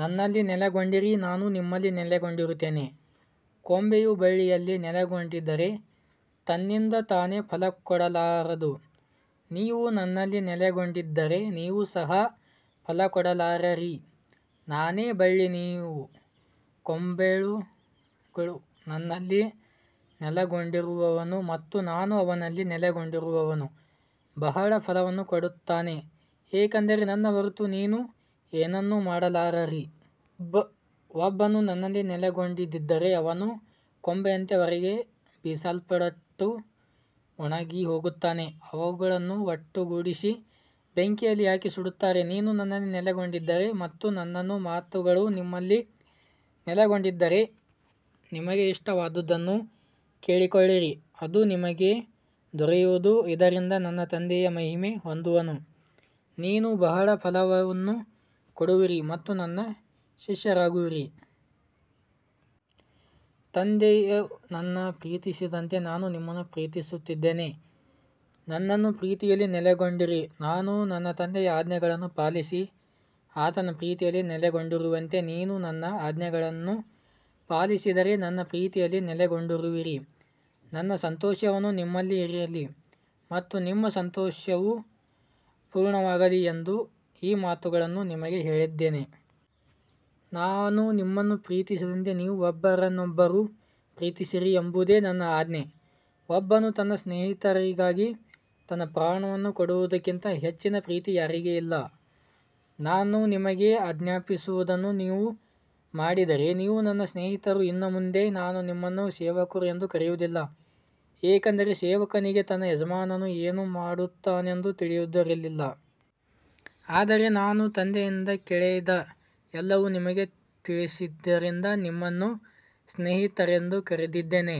ನನ್ನಲ್ಲಿ ನೆಲೆಗೊಂಡಿರಿ, ನಾನೂ ನಿಮ್ಮಲ್ಲಿ ನೆಲೆಗೊಂಡಿರುತ್ತೇನೆ. ಕೊಂಬೆಯು ಬಳ್ಳಿಯಲ್ಲಿ ನೆಲೆಗೊಂಡಿದ್ದರೆ ತನ್ನಿಂದ ತಾನೇ ಫಲಕೊಡಲಾರದು. ನೀವು ನನ್ನಲ್ಲಿ ನೆಲೆಗೊಂಡಿದ್ದರೆ ನೀವು ಸಹ ಫಲಕೊಡಲಾರಿರಿ. ನಾನೇ ಬಳ್ಳಿ, ನೀವು ಕೊಂಬೆಳು. ನನ್ನಲ್ಲಿ ನೆಲೆಗೊಂಡಿರುವವನು ಮತ್ತು ನಾನು ಅವನಲ್ಲಿ ನೆಲೆಗೊಂಡಿರುವವನು ಬಹಳ ಫಲವನ್ನು ಕೊಡುತ್ತಾನೆ, ಏಕೆಂದರೆ ನನ್ನ ಹೊರತು ನೀವು ಏನನ್ನೂ ಮಾಡಲಾರರಿ. ಒಬ್ಬನು ನನ್ನಲ್ಲಿ ನೆಲೆಗೊಂಡಿರದಿದ್ದರೆ ಅವನು ಕೊಂಬೆಯಂತೆ ಹೊರಗೆ ಬಿಸಾಡಲ್ಪಟ್ಟು ಒಣಗಿಹೋಗುತ್ತಾನೆ. ಅವುಗಳನ್ನು ಒಟ್ಟುಗೂಡಿಸಿ ಬೆಂಕಿಯಲ್ಲಿ ಹಾಕಿ ಸುಡುತ್ತಾರೆ. ನೀವು ನನ್ನಲ್ಲಿ ನೆಲೆಗೊಂಡಿದ್ದರೆ ಮತ್ತು ನನ್ನ ಮಾತುಗಳು ನಿಮ್ಮಲ್ಲಿ ನೆಲೆಗೊಂಡಿದ್ದರೆ ನಿಮಗೆ ಇಷ್ಟವಾದದ್ದನ್ನು ಕೇಳಿಕೊಳ್ಳಿರಿ, ಅದು ನಿಮಗೆ ದೊರೆಯುವುದು. ಇದರಿಂದ ನನ್ನ ತಂದೆಯು ಮಹಿಮೆ ಹೊಂದುವನು, ನೀವು ಬಹಳ ಫಲವನ್ನು ಕೊಡುವಿರಿ ಮತ್ತು ನನ್ನ ಶಿಷ್ಯರಾಗುವಿರಿ. ತಂದೆಯು ನನ್ನನ್ನು ಪ್ರೀತಿಸಿದಂತೆ ನಾನೂ ನಿಮ್ಮನ್ನು ಪ್ರೀತಿಸಿದ್ದೇನೆ. ನನ್ನ ಪ್ರೀತಿಯಲ್ಲಿ ನೆಲೆಗೊಂಡಿರಿ. ನಾನು ನನ್ನ ತಂದೆಯ ಆಜ್ಞೆಗಳನ್ನು ಪಾಲಿಸಿ ಆತನ ಪ್ರೀತಿಯಲ್ಲಿ ನೆಲೆಗೊಂಡಿರುವಂತೆ, ನೀವು ನನ್ನ ಆಜ್ಞೆಗಳನ್ನು ಪಾಲಿಸಿದರೆ ನನ್ನ ಪ್ರೀತಿಯಲ್ಲಿ ನೆಲೆಗೊಂಡಿರುವಿರಿ. ನನ್ನ ಸಂತೋಷವು ನಿಮ್ಮಲ್ಲಿ ಇರಲಿ ಮತ್ತು ನಿಮ್ಮ ಸಂತೋಷವು ಪೂರ್ಣವಾಗಲಿ ಎಂದು ಈ ಮಾತುಗಳನ್ನು ನಿಮಗೆ ಹೇಳಿದ್ದೇನೆ. ನಾನು ನಿಮ್ಮನ್ನು ಪ್ರೀತಿಸಿದಂತೆ ನೀವೂ ಒಬ್ಬರನ್ನೊಬ್ಬರು ಪ್ರೀತಿಸಿರಿ ಎಂಬುದೇ ನನ್ನ ಆಜ್ಞೆ. ಒಬ್ಬನು ತನ್ನ ಸ್ನೇಹಿತರಿಗಾಗಿ ತನ್ನ ಪ್ರಾಣವನ್ನು ಕೊಡುವುದಕ್ಕಿಂತ ಹೆಚ್ಚಿನ ಪ್ರೀತಿ ಯಾರಿಗೂ ಇಲ್ಲ. ನಾನು ನಿಮಗೆ ಆಜ್ಞಾಪಿಸುವುದನ್ನು ನೀವು ಮಾಡಿದರೆ ನೀವು ನನ್ನ ಸ್ನೇಹಿತರು. ಇನ್ನು ಮುಂದೆ ನಾನು ನಿಮ್ಮನ್ನು ಸೇವಕರು ಎಂದು ಕರೆಯುವುದಿಲ್ಲ, ಏಕೆಂದರೆ ಸೇವಕನಿಗೆ ತನ್ನ ಯಜಮಾನನು ಏನು ಮಾಡುತ್ತಾನೆಂದು ತಿಳಿದಿರುವುದಿಲ್ಲ. ಆದರೆ ನಾನು ನನ್ನ ತಂದೆಯಿಂದ ಕೇಳಿದ ಎಲ್ಲವನ್ನೂ ನಿಮಗೆ ತಿಳಿಸಿದ್ದರಿಂದ ನಿಮ್ಮನ್ನು ಸ್ನೇಹಿತರೆಂದು ಕರೆದಿದ್ದೇನೆ.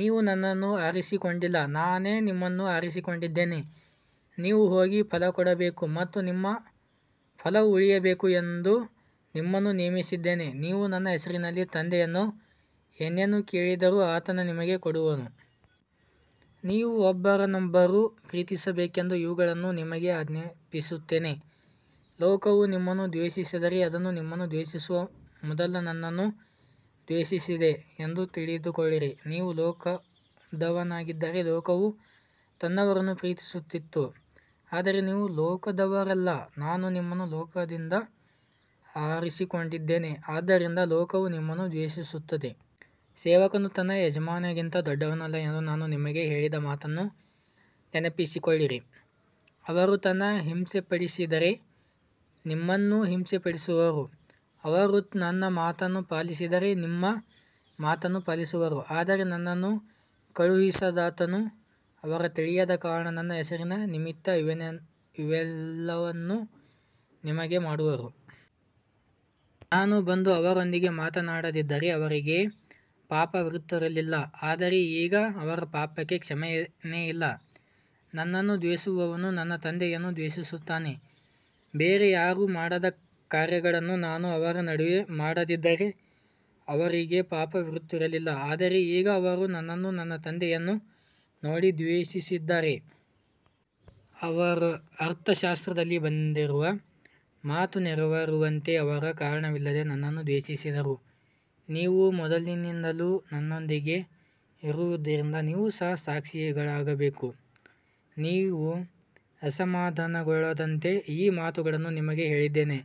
ನೀವು ನನ್ನನ್ನು ಆರಿಸಿಕೊಂಡಿಲ್ಲ, ನಾನೇ ನಿಮ್ಮನ್ನು ಆರಿಸಿಕೊಂಡಿದ್ದೇನೆ. ನೀವು ಹೋಗಿ ಫಲಕೊಡಬೇಕು ಮತ್ತು ನಿಮ್ಮ ಫಲವು ಉಳಿಯಬೇಕು ಎಂದು ನಿಮ್ಮನ್ನು ನೇಮಿಸಿದ್ದೇನೆ. ನೀವು ನನ್ನ ಹೆಸರಿನಲ್ಲಿ ತಂದೆಯನ್ನು ಏನನ್ನೇ ಕೇಳಿದರೂ ಆತನು ನಿಮಗೆ ಕೊಡುವನು. ನೀವು ಒಬ್ಬರನ್ನೊಬ್ಬರು ಪ್ರೀತಿಸಬೇಕೆಂದು ಇವುಗಳನ್ನು ನಿಮಗೆ ಆಜ್ಞಾಪಿಸುತ್ತೇನೆ. ಲೋಕವು ನಿಮ್ಮನ್ನು ದ್ವೇಷಿಸಿದರೆ, ಅದು ನಿಮ್ಮನ್ನು ದ್ವೇಷಿಸುವ ಮೊದಲು ನನ್ನನ್ನು ದ್ವೇಷಿಸಿದೆ ಎಂದು ತಿಳಿದುಕೊಳ್ಳಿರಿ. ನೀವು ಲೋಕದವರಾಗಿದ್ದರೆ ಲೋಕವು ತನ್ನವರನ್ನು ಪ್ರೀತಿಸುತ್ತಿತ್ತು. ಆದರೆ ನೀವು ಲೋಕದವರಲ್ಲ, ನಾನು ನಿಮ್ಮನ್ನು ಲೋಕದಿಂದ ಆರಿಸಿಕೊಂಡಿದ್ದೇನೆ. ಆದ್ದರಿಂದ ಲೋಕವು ನಿಮ್ಮನ್ನು ದ್ವೇಷಿಸುತ್ತದೆ. ಸೇವಕನು ತನ್ನ ಯಜಮಾನನಿಗಿಂತ ದೊಡ್ಡವನಲ್ಲ ಎಂದು ನಾನು ನಿಮಗೆ ಹೇಳಿದ ಮಾತನ್ನು ನೆನಪಿಸಿಕೊಳ್ಳಿರಿ. ಅವರು ತನ್ನ ಹಿಂಸೆಪಡಿಸಿದರೆ ನಿಮ್ಮನ್ನೂ ಹಿಂಸೆಪಡಿಸುವವು. ಅವರು ನನ್ನ ಮಾತನ್ನು ಪಾಲಿಸಿದರೆ ನಿಮ್ಮ ಮಾತನ್ನೂ ಪಾಲಿಸುವರು. ಆದರೆ ನನ್ನನ್ನು ಕಳುಹಿಸಿದಾತನ ಅವರು ತಿಳಿಯದ ಕಾರಣ ನನ್ನ ಹೆಸರಿನ ನಿಮಿತ್ತ ಇವೆಲ್ಲಾ ಇವೆಲ್ಲವನ್ನೂ ನಿಮಗೆ ಮಾಡುವರು. ನಾನು ಬಂದು ಅವರೊಂದಿಗೆ ಮಾತನಾಡದಿದ್ದರೆ ಅವರಿಗೆ ಪಾಪವಿರುತ್ತಿರಲಿಲ್ಲ. ಆದರೆ ಈಗ ಅವರ ಪಾಪಕ್ಕೆ ಕ್ಷಮೆಯಿಲ್ಲ. ನನ್ನನ್ನು ದ್ವೇಷಿಸುವವನು ನನ್ನ ತಂದೆಯನ್ನೂ ದ್ವೇಷಿಸುತ್ತಾನೆ. ಬೇರೆ ಯಾರೂ ಮಾಡದ ಕಾರ್ಯಗಳನ್ನು ನಾನು ಅವರ ನಡುವೆ ಮಾಡದಿದ್ದರೆ ಅವರಿಗೆ ಪಾಪವಿರುತ್ತಿರಲಿಲ್ಲ. ಆದರೆ ಈಗ ಅವರು ನನ್ನನ್ನೂ ನನ್ನ ತಂದೆಯನ್ನೂ ನೋಡಿ ದ್ವೇಷಿಸಿದ್ದಾರೆ. ಅವರ ಧರ್ಮಶಾಸ್ತ್ರದಲ್ಲಿ ಬರೆದಿರುವ ಮಾತು ನೆರವೇರುವಂತೆ ಅವರು ಕಾರಣವಿಲ್ಲದೆ ನನ್ನನ್ನು ದ್ವೇಷಿಸಿದರು. ನೀವು ಮೊದಲಿನಿಂದಲೂ ನನ್ನೊಂದಿಗೆ ಇದ್ದುದರಿಂದ ನೀವು ಸಹ ಸಾಕ್ಷಿಗಳಾಗಬೇಕು. ನೀವು ಅಸಮಾಧಾನಗೊಳ್ಳದಂತೆ ಈ ಮಾತುಗಳನ್ನು ನಿಮಗೆ ಹೇಳಿದ್ದೇನೆ.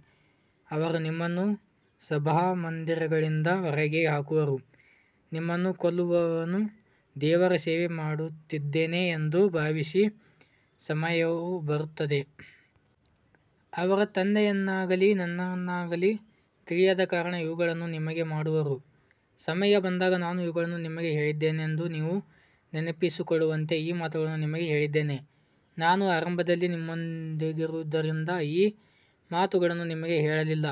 ಅವರು ನಿಮ್ಮನ್ನು ಸಭಾಮಂದಿರಗಳಿಂದ ಹೊರಗೆ ಹಾಕುವರು. ನಿಮ್ಮನ್ನು ಕೊಲ್ಲುವವನು ದೇವರ ಸೇವೆ ಮಾಡುತ್ತಿದ್ದೇನೆ ಎಂದು ಭಾವಿಸಿ ಸಮಯವೂ ಬರುತ್ತದೆ. ಅವರು ತಂದೆಯನ್ನಾಗಲಿ ನನ್ನನ್ನಾಗಲಿ ತಿಳಿಯದ ಕಾರಣ ಇವುಗಳನ್ನು ನಿಮಗೆ ಮಾಡುವರು. ಸಮಯ ಬಂದಾಗ ನಾನು ಇವುಗಳನ್ನು ನಿಮಗೆ ಹೇಳಿದ್ದೆನೆಂದು ನೀವು ನೆನಪಿಸಿಕೊಳ್ಳುವಂತೆ ಈ ಮಾತುಗಳನ್ನು ನಿಮಗೆ ಹೇಳಿದ್ದೇನೆ. ನಾನು ಆರಂಭದಲ್ಲಿ ನಿಮ್ಮೊಂದಿಗಿದ್ದುದರಿಂದ ಈ ಮಾತುಗಳನ್ನು ನಿಮಗೆ ಹೇಳಲಿಲ್ಲ.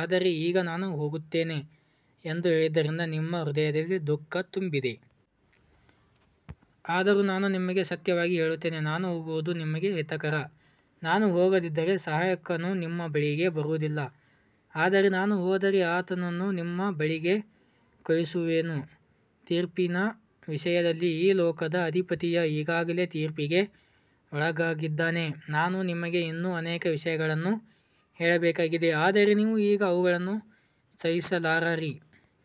ಆದರೆ ಈಗ ನಾನು ಹೋಗುತ್ತೇನೆ ಎಂದು ಹೇಳಿದ್ದರಿಂದ ನಿಮ್ಮ ಹೃದಯದಲ್ಲಿ ದುಃಖ ತುಂಬಿದೆ. ಆದರೂ ನಾನು ನಿಮಗೆ ಸತ್ಯವಾಗಿ ಹೇಳುತ್ತೇನೆ, ನಾನು ಹೋಗುವುದು ನಿಮಗೆ ಹಿತಕರ. ನಾನು ಹೋಗದಿದ್ದರೆ ಸಹಾಯಕನು ನಿಮ್ಮ ಬಳಿಗೆ ಬರುವುದಿಲ್ಲ. ಆದರೆ ನಾನು ಹೋದರೆ ಆತನನ್ನು ನಿಮ್ಮ ಬಳಿಗೆ ಕಳುಹಿಸುವೆನು. ತೀರ್ಪಿನ ವಿಷಯದಲ್ಲಿ ಈ ಲೋಕದ ಅಧಿಪತಿಯು ಈಗಾಗಲೇ ತೀರ್ಪಿಗೆ ಒಳಗಾಗಿದ್ದಾನೆ. ನಾನು ನಿಮಗೆ ಇನ್ನೂ ಅನೇಕ ವಿಷಯಗಳನ್ನು ಹೇಳಬೇಕಾಗಿದೆ, ಆದರೆ ನೀವು ಈಗ ಅವುಗಳನ್ನು ಸಹಿಸಲಾರರಿ.